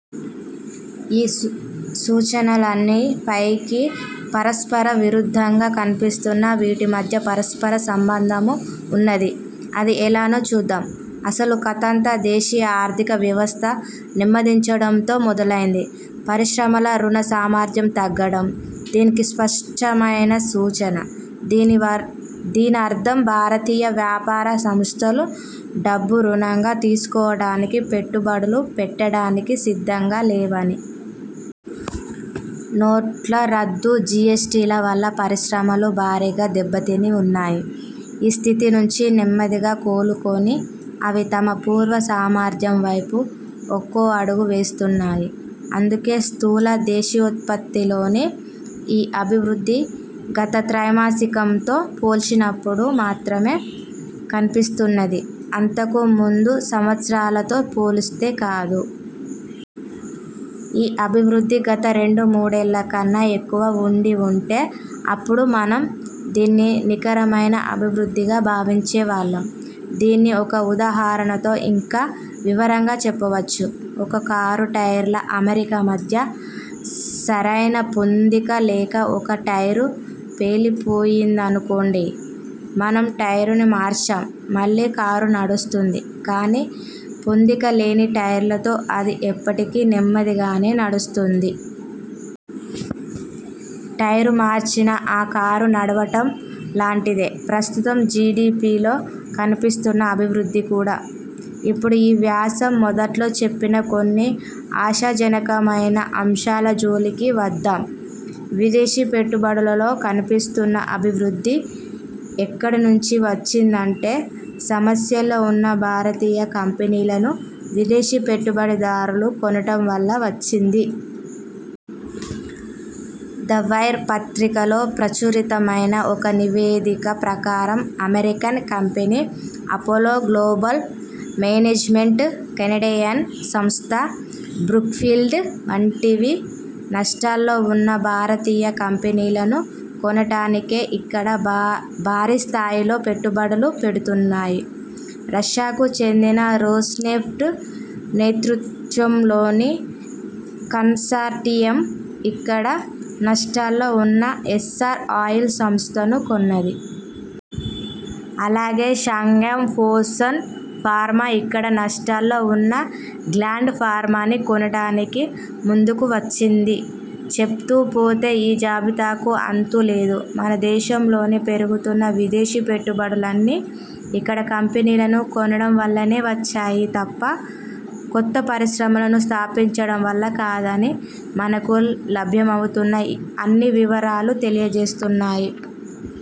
ఈ సూచనలన్నీ పైకి పరస్పర విరుద్ధంగా కనిపిస్తున్నా వీటి మధ్య పరస్పర సంబంధమూ ఉన్నది. అది ఎలానో చూద్దాం. అసలు కథంతా దేశీయ ఆర్థిక వ్యవస్థ నెమ్మదించడంతో మొదలైంది. పరిశ్రమల రుణ సామర్థ్యం తగ్గటం దీనికి స్పష్టమైన సూచన. దీనర్థం భారతీయ వ్యాపార సంస్థలు డబ్బు రుణంగా తీసుకోవటానికీ, పెట్టుబడులు పెట్టడానికీ సిద్ధంగా లేవని. నోట్ల రద్దు, జీఎస్టీల వల్ల పరిశ్రమలు భారీగా దెబ్బతిని వున్నాయి. ఆ స్థితి నుంచి నెమ్మదిగా కోలుకొని అవి తమ పూర్వ సామర్థ్యం వైపు ఒక్కో అడుగూ వేస్తున్నాయి. అందుకే స్థూల దేశీయోత్పత్తిలోని ఈ అభివృద్ధి గత త్రైమాసికంతో పోల్చినప్పుడు మాత్రమే కనిపిస్తున్నది, అంతకుముందు సంవత్సరాలతో పోలిస్తే కాదు. ఈ అభివృద్ధి గత రెండు మూడేళ్ళ కన్నా ఎక్కువ వుండివుంటే అప్పుడు మనం దీన్ని నికరమైన అభివృద్ధిగా భావించేవాళ్ళం. దీన్ని ఒక ఉదా హరణతో ఇంకా వివరంగా చెప్పవచ్చు. ఒక కారు టైర్ల అమరిక మధ్య సరైన పొందిక లేక ఒక టైరు పేలిపోయిందనుకోండి. మనం టైరుని మార్చాం, మళ్ళీ కారు నడుస్తుంది, కానీ పొందిక లేని టైర్లతో అది ఇప్పటికీ నెమ్మదిగానే నడుస్తోంది. టైరు మార్చిన ఆ కారు నడవటం లాంటిదే ప్రస్తుత జీడిపీలో కనిపిస్తున్న అభివృద్ధి కూడా. ఇప్పుడు ఈ వ్యాసం మొదట్లో చెప్పిన కొన్ని ఆశాజనకమైన అంశాల జోలికి వద్దాం. విదేశీ పెట్టుబడులలో కనిపిస్తున్న అభివృద్ధి ఎక్కడ నుంచి వచ్చిందంటే– సమస్యల్లో ఉన్న భారతీయ కంపెనీలను విదేశీ పెట్టుబడిదారులు కొనటం వల్ల వచ్చింది. 'ద వైర్' పత్రికలో ప్రచురితమైన ఒక నివేదిక ప్రకారం– American company Apollo Global Management, Canadian సంస్థ బ్రూక్ఫీల్డ్ వంటివి నష్టాల్లోవున్న భారతీయ కంపెనీలను కొనటానికే ఇక్కడ భారీస్థాయిలో పెట్టుబడులు పెడుతున్నాయి. రష్యాకు చెందిన రోస్నెఫ్ట్ నేతృత్వంలోని కన్సార్టియమ్ ఇక్కడ నష్టాల్లో ఉన్న ఎస్సార్ ఆయిల్ సంస్థను కొన్నది. అలాగే షాంఘై ఫోసన్ ఫార్మా ఇక్కడ నష్టాల్లో వున్న గ్లాండ్ ఫార్మాని కొనటానికి ముందుకు వచ్చింది. చెప్తూ పోతే ఈ జాబితాకు అంతు లేదు. మన దేశంలో పెరుగుతున్న విదేశీ పెట్టుబడులన్నీ ఇక్కడ కంపెనీలను కొనటం వల్లనే వచ్చాయి తప్ప, కొత్త పరిశ్రమలను స్థాపించటం వల్ల కాదని మనకు లభ్యమవుతున్న అన్ని వివరాలూ తెలియజేస్తున్నాయి.